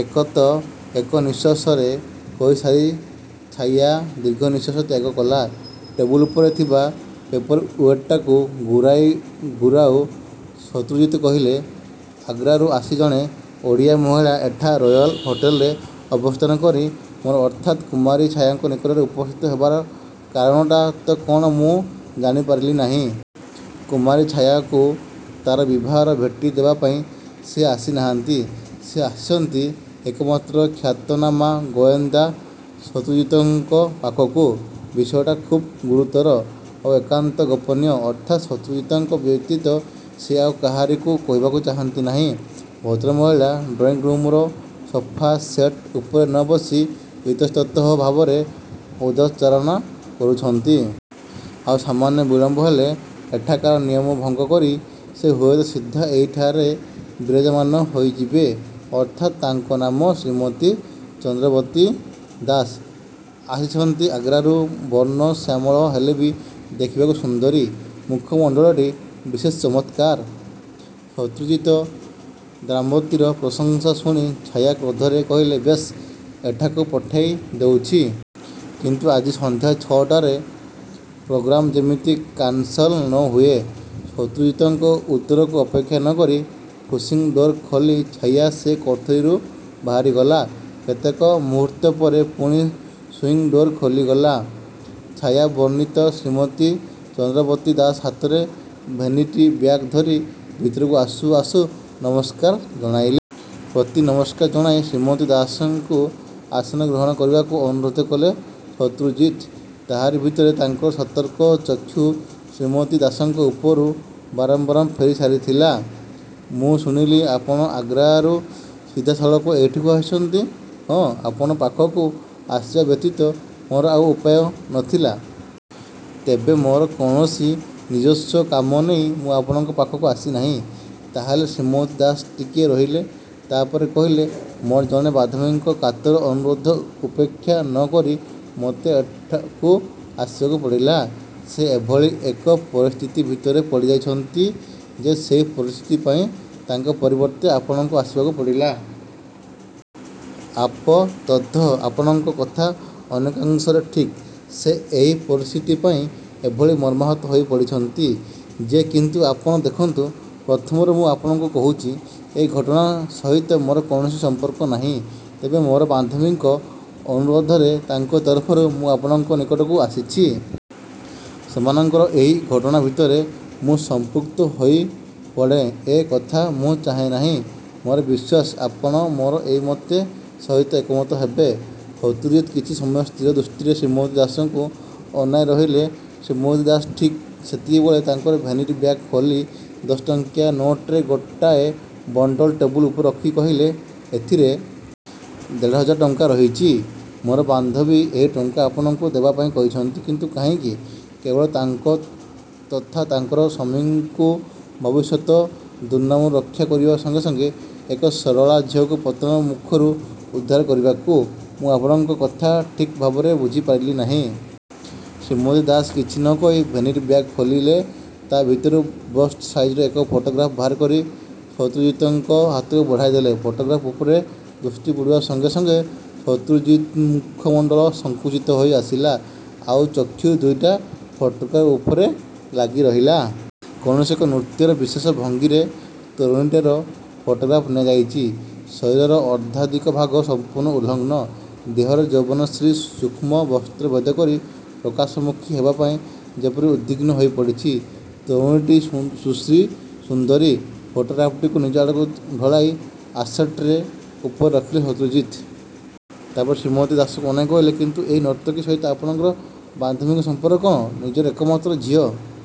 ଏତକ ଏକନିଶ୍ୱାସରେ କହିସାରି ଛାୟା ଦୀର୍ଘ ନିଶ୍ୱାସ ତ୍ୟାଗ କଲା। ଟେବୁଲ ଉପରେ ଥିବା ପେପରଓ୍ୱେଟ୍ଟାକୁ ଘୁରାଇ ଘୁରାଉ ଶତ୍ରୁଜିତ୍ କହିଲେ । ଆଗ୍ରାରୁ ଆସି ଜଣେ ଓଡ଼ିଆ ମହିଳା ଏଠା ରୟଲ ହୋଟେଲରେ ଅବସ୍ଥାନ କରି ମୋର ଅର୍ଥାତ୍ କୁମାରୀ ଛାୟାଙ୍କ ନିକଟରେ ଉପସ୍ଥିତ ହେବାର କାରଣଟା ତ କଣ ମୁଁ ଜାଣିପାରିଲି ନାହିଁ? କୁମାରୀ ଛାୟାକୁ ତା'ର ବିବାହର ଭେଟି ଦେବାପାଇଁ ସେ ଆସିନାହାନ୍ତି। ସେ ଆସିଛନ୍ତି ଏକମାତ୍ର ଖ୍ୟାତନାମା ଗୋଏନ୍ଦା ଶତ୍ରୁଜିତଙ୍କ ପାଖକୁ। ବିଷୟଟା ଖୁବ୍ ଗୁରୁତର। ଆଉ ଏକାନ୍ତ ଗୋପନୀୟ। ଅର୍ଥାତ୍ ଶତ୍ରୁଜିତଙ୍କ ବ୍ୟତୀତ ସେ ଆଉ କାହାରିକୁ କହିବାକୁ ଚାହାନ୍ତି ନାହିଁ। ଭଦ୍ରମହିଳା ଡ୍ରଇଂ ରୁମର ସୋଫାସେଟ ଉପରେ ନ ବସି ଇତସ୍ତତଃ ଭାବରେ ପଦଚାରଣା କରୁଛନ୍ତି । ଆଉ ସାମାନ୍ୟ ବିଳମ୍ବ ହେଲେ ଏଠାକାର ନିୟମ ଭଙ୍ଗ କରି ସେ ହୁଏତ ସିଧା ଏଇଠାରେ ବିରାଜମାନ ହୋଇଯିବେ। ଅର୍ଥାତ୍ ତାଙ୍କ ନାମ ଶ୍ରୀମତୀ ଚନ୍ଦ୍ରବତୀ ଦାସ। ଆସିଛନ୍ତି ଆଗ୍ରାରୁ ବର୍ଣ୍ଣ ଶ୍ୟାମଳ ହେଲେ ବି ଦେଖିବାକୁ ସୁନ୍ଦରୀ। ମୁଖମଣ୍ତଳଟି ବିଶେଷ ଚମତ୍କାର। ଶତ୍ରୁଜିତ୍ ନ୍ଦ୍ରାବତୀର ପ୍ରଶଂସା ଶୁଣି ଛାୟା କ୍ରୋଧରେ କହିଲା ବେଶ୍ ଏଠାକୁ ପଠାଇ ଦେଉଛି। କିନ୍ତୁ ଆଜି ସନ୍ଧ୍ୟା ଛଅଟାରେ ପ୍ରୋଗ୍ରାମ ଯେମିତି କାନସେଲ ନ ହୁଏ! ଶତ୍ରୁଜିତଙ୍କ ଉତ୍ତରକୁ ଅପେକ୍ଷା ନ କରି ପୁସିଙ୍ଗ୍ ଡୋର ଖୋଲି ଛାୟା ସେ କୋଠରିରୁ ବାହାରିଗଲା। କେତେକ ମୁହୂର୍ତ୍ତ ପରେ ପୁଣି ସୁଇଂ ଡୋର ଖୋଲିଗଲା। ଛାୟାବର୍ଣ୍ଣିତ ଶ୍ରୀମତୀ ଚନ୍ଦ୍ରବତୀ ଦାସ ହାତରେ ଭେନିଟି ବ୍ୟାଗ ଧରି ଭିତରକୁ ଆସୁ ଆସୁ ନମସ୍କାର ଜଣାଇଲେ। ପ୍ରତିନମସ୍କାର ଜଣାଇ ଶ୍ରୀମତୀ ଦାସଙ୍କୁ ଆସନ ଗ୍ରହଣ କରିବାକୁ ଅନୁରୋଧ କଲେ ଶତ୍ରୁଜିତ୍। ତାହାରି ଭିତରେ ତାଙ୍କର ସତର୍କ ଚକ୍ଷୁ ଶ୍ରୀମତୀ ଦାସଙ୍କ ଉପରୁ ବାରମ୍ବାର ଫେରିସାରିଥିଲା। ମୁଁ ଶୁଣିଲି, ଆପଣ ଆଗ୍ରାରୁ ସିଧାସଳଖ ଏଇଠିକୁ ଆସିଛନ୍ତି? ହଁ, ଆପଣଙ୍କ ପାଖକୁ ଆସିବା ବ୍ୟତୀତ ମୋର ଆଉ ଉପାୟ ନ ଥିଲା। ତେବେ ମୋର କୌଣସି ନିଜସ୍ୱ କାମ ନେଇ ମୁଁ ଆପଣଙ୍କ ପାଖକୁ ଆସିନାହିଁ। ତା ହେଲେ ଶ୍ରୀମତୀ ଦାସ ଟିକିଏ ରହିଲେ। ତା ପରେ କହିଲେ ମୋର ଜଣେ ବାନ୍ଧବୀଙ୍କ କାତର ଅନୁରୋଧ ଉପେକ୍ଷା ନ କରି ମୋତେ ଏଠାକୁ ଆସିବାକୁ ପଡ଼ିଲା। ସେ ଏଭଳି ଏକ ପରିସ୍ଥିତି ଭିତରେ ପଡ଼ିଯାଇଛନ୍ତି ଯେ ସେଇ ପରିସ୍ଥିତି ପାଇଁ ତାଙ୍କ ପରିବର୍ତ୍ତେ ଆପଣଙ୍କୁ ଆସିବାକୁ ପଡ଼ିଲା? ଆପ ତତଃ ଆପଣଙ୍କ କଥା ଅନେକାଂଶରେ ଠିକ୍। ସେ ଏଇ ପରିସ୍ଥିତି ପାଇଁ ଏଭଳି ମର୍ମାହତ ହୋଇପଡ଼ିଛନ୍ତି ଯେ କିନ୍ତୁ ଆପଣ ଦେଖନ୍ତୁ, ପ୍ରଥମରୁ ମୁଁ ଆପଣଙ୍କୁ କୋହୁଛି ।ଏ ଘଟଣା ସହିତ ମୋର କୌଣସି ସମ୍ପର୍କ ନାହିଁ। ତେବେ ମୋର ବାନ୍ଧବୀଙ୍କ ଅନୁରୋଧରେ ତାଙ୍କ ତରଫରୁ ମୁଁ ଆପଣଙ୍କ ନିକଟକୁ ଆସିଛି। ସେମାନଙ୍କର ଏଇ ଘଟଣା ଭିତରେ ମୁଁ ସଂପୃକ୍ତ ହୋଇପଡ଼େଁ ଏ କଥା ମୁଁ ଚାହେ ନାହିଁ। ମୋର ବିଶ୍ୱାସ, ଆପଣ ମୋର ଏଇ ମତେ ସହିତ ଏକମତ ହେବେ। ଶତ୍ରୁଜିତ୍ କିଛି ସମୟ ସ୍ଥିର ଦୃଷ୍ଟିରେ ଶ୍ରୀମତୀ ଦାସଙ୍କୁ ଅନାଇ ରହିଲେ। ଶ୍ରୀମତୀ ଦାସ ଠିକ୍ ସେତିକିବେଳେ ତାଙ୍କର ଭେନିଟି ବ୍ୟାଗ ଖୋଲି ଦଶଟଙ୍କିଆ ନୋଟରେ ଗୋଟାଏ ବଣ୍ତଲ ଟେବୁଲ ଉପରେ ରଖି କହିଲେ ।ଏଥିରେ ଦେଢ଼ହଜାର ଟଙ୍କା ରହିଚି। ମୋର ବାନ୍ଧବୀ ଏଇ ଟଙ୍କା ଆପଣଙ୍କୁ ଦେବାପାଇଁ କହିଛନ୍ତି। କିନ୍ତୁ କାହିଁକି? କେବଳ ତାଙ୍କୁ ତଥା ତାଙ୍କର ସ୍ୱାମୀଙ୍କୁ ଭବିଷ୍ୟତ ଦୁର୍ନାମରୁ ରକ୍ଷା କରିବା ସଙ୍ଗେ ସଙ୍ଗେ ଏକ ସରଳା ଝିଅକୁ ପତନ ମୂଖରୁ ଉଦ୍ଧାର କରିବାକୁ। ମୁଁ ଆପଣଙ୍କ କଥା ଠିକ୍ଭାବରେ ବୁଝିପାରିଲି ନାହିଁ। ଶ୍ରୀମତୀ ଦାସ କିଛି ନ କହି ଭେନିଟି ବ୍ୟାଗ ଖୋଲିଲେ। ତା ଭିତରୁ ବଷ୍ଟ୍ ସାଇଜର ଏକ ଫଟୋଗ୍ରାଫ୍ ବାହାରକରି ଶତ୍ରୁଜିତଙ୍କ ହାତକୁ ବଢ଼ାଇଦେଲେ। ଫଟୋଗ୍ରାଫ୍ ଉପରେ ଦୃଷ୍ଟି ପଡ଼ିବା ସଙ୍ଗେ ସଙ୍ଗେ ସତ୍ରୁଜିତ୍ମୂଖମଣ୍ତଳ ସଂକୁଚିତ ।ହୋଇଆସିଲା। ଆଉ ଚକ୍ଷୁ ଦୁଇଟା ଫଟୋଗ୍ରାଫ୍ ଉପରେ ଲାଗିରହିଲା। କୌଣସି ଏକ ନୃତ୍ୟର ବିଶେଷ ଭଙ୍ଗୀରେ ତରୁଣୀଟିର ଫଟୋଗ୍ରାଫ୍ ନିଆଯାଇଛି। ଶରୀରର ଅର୍ଦ୍ଧାଧିକ ଭାଗ ସମ୍ପୂର୍ଣ୍ଣ ଉଲଗ୍ନ। ଦେହର ଯୌବନଶ୍ରୀ ସୂକ୍ଷ୍ମ ବସ୍ତ୍ର ଭେଦ କରି ପ୍ରକାଶମୂଖୀ ହେବାପାଇଁ ଯେପରି ଉଦ୍ବିଘ୍ନ ହୋଇପଡ଼ିଛି। ତରୁଣୀଟି ସୁ ସୁଶ୍ରୀସୁନ୍ଦରୀ। ଫଟୋଗ୍ରାଫ୍ଟିକୁ ନିଜଆଡ଼କୁ ଢଳାଇ ଆସଟ୍ରେ ଉପରେ ରଖିଲେ ଶତ୍ରୁଜିତ୍। ତା ପରେ ଶ୍ରୀମତୀ ଦାସଙ୍କୁ ଅନାଇ କହିଲେ—କିନ୍ତୁ ଏଇ ନର୍ତ୍ତକୀ ସହିତ ଆପଣଙ୍କର ବାନ୍ଧବୀଙ୍କର ସମ୍ପର୍କ କଣ? ନିଜର ଏକମାତ୍ର ଝିଅ।